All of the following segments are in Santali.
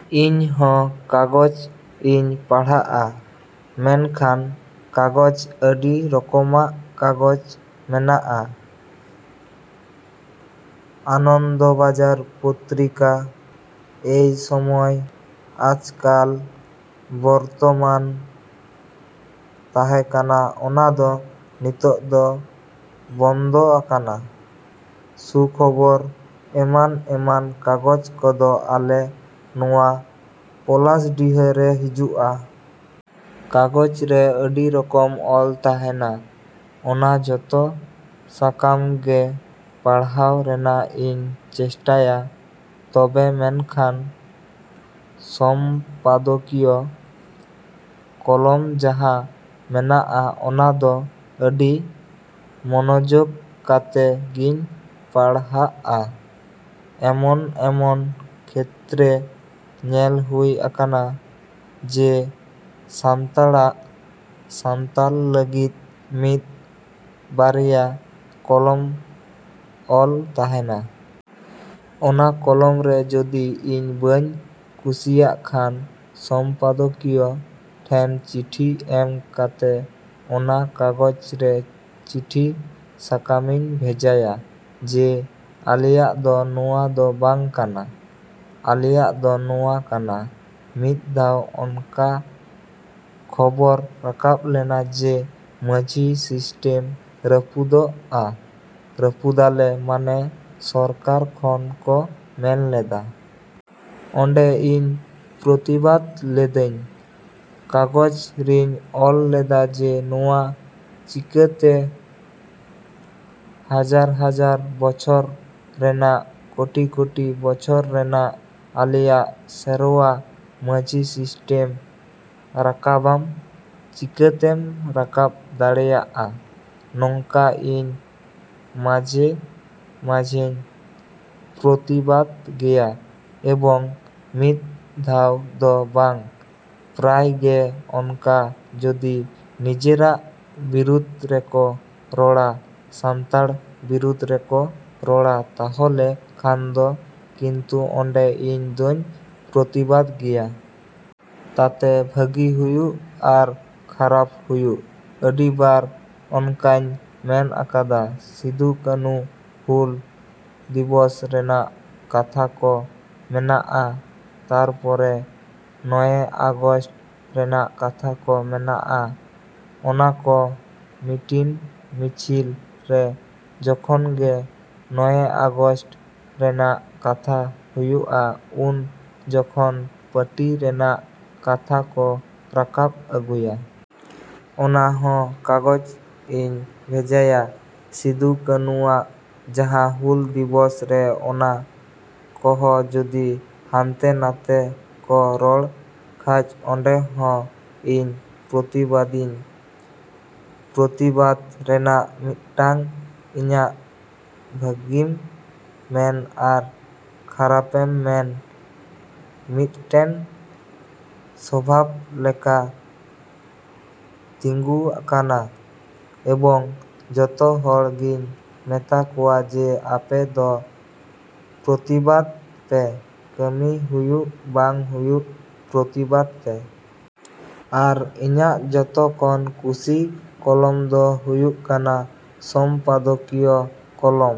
‎᱾ ᱤᱧ ᱦᱚᱸ ᱠᱟᱜᱚᱡᱽ ᱤᱧ ᱯᱟᱲᱦᱟᱜᱼᱟ, ᱢᱮᱱᱠᱷᱟᱱ ᱠᱟᱜᱚᱡᱽ ᱟᱹᱰᱤ ᱨᱚᱠᱚᱢᱟᱜ ᱠᱟᱜᱚᱡᱽ ᱢᱮᱱᱟᱜᱼᱟ᱾ ᱟᱱᱚᱱᱫᱚᱵᱟᱡᱟᱨ ᱯᱚᱛᱨᱤᱠᱟ, ᱮᱭ ᱥᱚᱢᱚᱭ, ᱟᱡᱽᱠᱟᱞ, ᱵᱚᱨᱛᱚᱢᱟᱱ ᱛᱟᱦᱮᱸ ᱠᱟᱱᱟ, ᱚᱱᱟ ᱫᱚ ᱱᱤᱛᱚᱜ ᱫᱚ ᱵᱚᱱᱫᱚ ᱟᱠᱟᱱᱟ, ᱥᱩᱠᱷᱚᱵᱚᱨ ᱮᱢᱟᱱ ᱮᱢᱟᱱ ᱠᱟᱜᱚᱡᱽ ᱠᱚᱫᱚ ᱟᱞᱮ ᱱᱚᱣᱟ ᱯᱚᱞᱟᱥᱰᱤᱦᱟ ᱨᱮ ᱦᱤᱡᱩᱜᱼᱟ᱾ ᱠᱟᱜᱚᱡᱽ ᱨᱮ ᱟᱹᱰᱤ ᱨᱚᱠᱚᱢ ᱚᱞ ᱛᱟᱦᱮᱱᱟ, ᱚᱱᱟ ᱡᱚᱛᱚ ᱥᱟᱠᱟᱢ ᱜᱮ ᱯᱟᱲᱦᱟᱣ ᱨᱮᱱᱟᱜ ᱤᱧ ᱪᱮᱥᱴᱟᱭᱟ᱾ ᱛᱚᱵᱮ ᱢᱮᱱᱠᱷᱟᱱ ᱥᱚᱢᱯᱟᱫᱚᱠᱤᱭᱚ ᱠᱚᱞᱚᱢ ᱡᱟᱦᱟᱸ ᱢᱮᱱᱟᱜᱼᱟ ᱚᱱᱟ ᱫᱚ ᱟᱹᱰᱤ ᱢᱚᱱᱚᱡᱳᱜᱽ ᱠᱟᱛᱮ ᱜᱤᱧ ᱯᱟᱲᱦᱟᱜᱼᱟ᱾ ᱮᱢᱚᱱ ᱮᱢᱚᱱ ᱠᱷᱮᱛᱨᱮ ᱧᱮᱞ ᱦᱩᱭ ᱟᱠᱟᱱᱟ ᱡᱮ ᱥᱟᱱᱛᱟᱲᱟᱜ, ᱥᱟᱱᱛᱟᱞ ᱞᱟᱹᱜᱤᱫ ᱢᱤᱫ ᱵᱟᱨᱭᱟ ᱠᱚᱞᱚᱢ ᱚᱞ ᱛᱟᱦᱮᱱᱟ᱾ ᱚᱱᱟ ᱠᱚᱞᱚᱢ ᱨᱮ ᱡᱚᱫᱤ ᱤᱧ ᱵᱟᱹᱧ ᱠᱩᱥᱤᱭᱟᱜ ᱠᱷᱟᱱ ᱥᱚᱢᱯᱟᱫᱚᱠᱤᱭᱚ ᱴᱷᱮᱱ ᱪᱤᱴᱷᱤ ᱮᱢ ᱠᱟᱛᱮ ᱚᱱᱟ ᱠᱟᱜᱚᱡᱽ ᱨᱮ ᱪᱤᱴᱷᱤ ᱥᱟᱠᱟᱢᱤᱧ ᱵᱷᱮᱡᱟᱭᱟ ᱡᱮ ᱟᱞᱮᱭᱟᱜ ᱫᱚ ᱱᱚᱣᱟ ᱫᱚ ᱵᱟᱝ ᱠᱟᱱᱟ, ᱟᱞᱮᱭᱟᱜ ᱫᱚ ᱱᱚᱣᱟ ᱠᱟᱱᱟ᱾ ᱢᱤᱫ ᱫᱷᱟᱣ ᱚᱱᱠᱟ ᱠᱷᱚᱵᱚᱨ ᱨᱟᱠᱟᱵ ᱞᱮᱱᱟ ᱡᱮ ᱢᱟᱹᱡᱷᱤ ᱥᱤᱥᱴᱮᱢ ᱨᱟᱹᱯᱩᱫᱚᱜᱼᱟ, ᱨᱟᱹᱯᱩᱫᱟᱞᱮ ᱢᱟᱱᱮ ᱥᱚᱨᱠᱟᱨ ᱠᱷᱚᱱ ᱠᱚ ᱢᱮᱱ ᱞᱮᱫᱟ᱾ ᱚᱸᱰᱮ ᱤᱧ ᱯᱨᱚᱛᱤᱵᱟᱫᱽ ᱞᱮᱫᱟᱹᱧ, ᱠᱟᱜᱚᱡᱽ ᱨᱤᱧ ᱚᱞ ᱞᱮᱫᱟ ᱡᱮ ᱱᱚᱣᱟ ᱪᱤᱠᱟᱹᱛᱮ? ᱦᱟᱡᱟᱨ ᱦᱟᱡᱟᱨ ᱵᱚᱪᱷᱚᱨ ᱨᱮᱱᱟᱜ, ᱠᱳᱴᱤ ᱠᱳᱴᱤ ᱵᱚᱪᱷᱚᱨ ᱨᱮᱱᱟᱜ ᱟᱞᱮᱭᱟᱜ ᱥᱮᱨᱣᱟ ᱢᱟᱹᱡᱷᱤ ᱥᱤᱥᱴᱮᱢ ᱨᱟᱠᱟᱵᱟᱢ ᱪᱤᱠᱟᱹᱛᱮᱢ ᱨᱟᱠᱟᱵ ᱫᱟᱲᱮᱭᱟᱜᱼᱟ? ᱱᱚᱝᱠᱟ ᱤᱧ ᱢᱟᱡᱮ ᱢᱟᱡᱮᱧ ᱯᱨᱚᱛᱤᱵᱟᱫᱽ ᱜᱮᱭᱟ ᱮᱵᱚᱝ ᱢᱤᱫ ᱫᱷᱟᱣ ᱫᱚ ᱵᱟᱝ, ᱯᱨᱟᱭ ᱜᱮ ᱚᱱᱠᱟ ᱡᱚᱫᱤ ᱱᱤᱡᱮᱨᱟᱜ ᱵᱤᱨᱩᱫᱽ ᱨᱮᱠᱚ ᱨᱚᱲᱟ, ᱥᱟᱱᱛᱟᱲ ᱵᱤᱨᱩᱫᱽ ᱨᱮᱠᱚ ᱨᱚᱲᱟ ᱛᱟᱦᱚᱞᱮ ᱠᱷᱟᱱ ᱫᱚ ᱠᱤᱱᱛᱩ ᱚᱸᱰᱮ ᱤᱧ ᱫᱚᱧ ᱯᱨᱚᱛᱤᱵᱟᱫᱽ ᱜᱮᱭᱟ᱾ ᱛᱟᱛᱮ ᱵᱷᱟᱹᱜᱤ ᱦᱩᱭᱩᱜ ᱟᱨ ᱠᱷᱟᱨᱟᱯ ᱦᱩᱭᱩᱜ᱾ ᱟᱹᱰᱤ ᱵᱟᱨ ᱚᱱᱠᱟᱧ ᱢᱮᱱ ᱟᱠᱟᱫᱟ᱾ ᱥᱤᱫᱩ ᱠᱟᱱᱩ ᱦᱩᱞ ᱫᱤᱵᱚᱥ ᱨᱮᱱᱟᱜ ᱠᱟᱛᱷᱟ ᱠᱚ ᱢᱮᱱᱟᱜᱼᱟ, ᱛᱟᱨᱯᱚᱨᱮ ᱱᱚᱭᱮ ᱟᱜᱚᱥᱴ ᱨᱮᱱᱟᱜ ᱠᱟᱛᱷᱟ ᱠᱚ ᱢᱮᱱᱟᱜᱼᱟ᱾ ᱚᱱᱟᱠᱚ ᱢᱤᱴᱤᱝ ᱢᱤᱪᱷᱤᱞ ᱨᱮ ᱡᱚᱠᱷᱚᱱ ᱜᱮ ᱱᱚᱭᱮ ᱟᱜᱚᱥᱴ ᱨᱮᱱᱟᱜ ᱠᱟᱛᱷᱟ ᱦᱩᱭᱩᱜᱼᱟ, ᱩᱱ ᱡᱚᱠᱷᱚᱱ ᱯᱟᱴᱤ ᱨᱮᱱᱟᱜ ᱠᱟᱛᱷᱟ ᱠᱚ ᱨᱟᱠᱟᱵ ᱟᱹᱜᱩᱭᱟ᱾ ᱚᱱᱟ ᱦᱚᱸ ᱠᱟᱜᱚᱡᱽ ᱤᱧ ᱵᱷᱮᱡᱟᱭᱟ᱾ ᱥᱤᱫᱩ ᱠᱟᱱᱩᱣᱟᱜ ᱡᱟᱦᱟᱸ ᱦᱩᱞ ᱫᱤᱵᱚᱥ ᱨᱮ ᱚᱱᱟ ᱠᱚᱦᱚ ᱡᱚᱫᱤ ᱦᱟᱱᱛᱮ ᱱᱟᱛᱮ ᱠᱚ ᱨᱚᱲ ᱠᱷᱟᱡ ᱚᱸᱰᱮ ᱦᱚᱸ ᱤᱧ ᱯᱨᱚᱛᱤᱵᱟᱫᱤᱧ᱾ ᱯᱨᱚᱛᱤᱵᱟᱫᱽ ᱨᱮᱱᱟᱜ ᱢᱤᱫᱴᱟᱝ ᱤᱧᱟᱹᱜ ᱵᱷᱟᱹᱜᱤᱢ ᱢᱮᱱ ᱟᱨ ᱠᱷᱟᱨᱟᱯᱮᱢ ᱢᱮᱱ, ᱢᱤᱫᱴᱮᱱ ᱥᱚᱵᱷᱟᱵᱽ ᱞᱮᱠᱟ ᱛᱤᱸᱜᱩᱣ ᱟᱠᱟᱱᱟ ᱮᱵᱚᱝ ᱡᱚᱛᱚ ᱦᱚᱲ ᱜᱤᱧ ᱢᱮᱛᱟ ᱠᱚᱣᱟ ᱡᱮ ᱟᱯᱮ ᱫᱚ ᱯᱨᱚᱛᱤᱵᱟᱫᱽ ᱯᱮ, ᱠᱟᱹᱢᱤ ᱦᱩᱭᱩᱜ ᱵᱟᱝ ᱦᱩᱭᱩᱜ ᱯᱨᱚᱛᱤᱵᱟᱫᱽ ᱯᱮ᱾ ᱟᱨ ᱤᱧᱟᱹᱜ ᱡᱚᱛᱚ ᱠᱷᱚᱱ ᱠᱩᱥᱤ ᱠᱚᱞᱚᱢ ᱫᱚ ᱦᱩᱭᱩᱜ ᱠᱟᱱᱟ ᱥᱚᱢᱯᱟᱫᱚᱠᱤᱭᱚ ᱠᱚᱞᱚᱢ,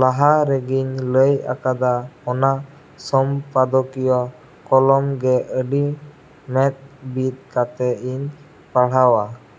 ᱞᱟᱦᱟ ᱨᱮᱜᱤᱧ ᱞᱟᱹᱭ ᱟᱠᱟᱫᱟ᱾ ᱚᱱᱟ ᱥᱚᱢᱯᱟᱫᱚᱠᱤᱭᱚ ᱠᱚᱞᱚᱢ ᱜᱮ ᱟᱹᱰᱤ ᱢᱮᱫ ᱵᱤᱫ ᱠᱟᱛᱮ ᱤᱧ ᱯᱟᱲᱦᱟᱣᱟ᱾।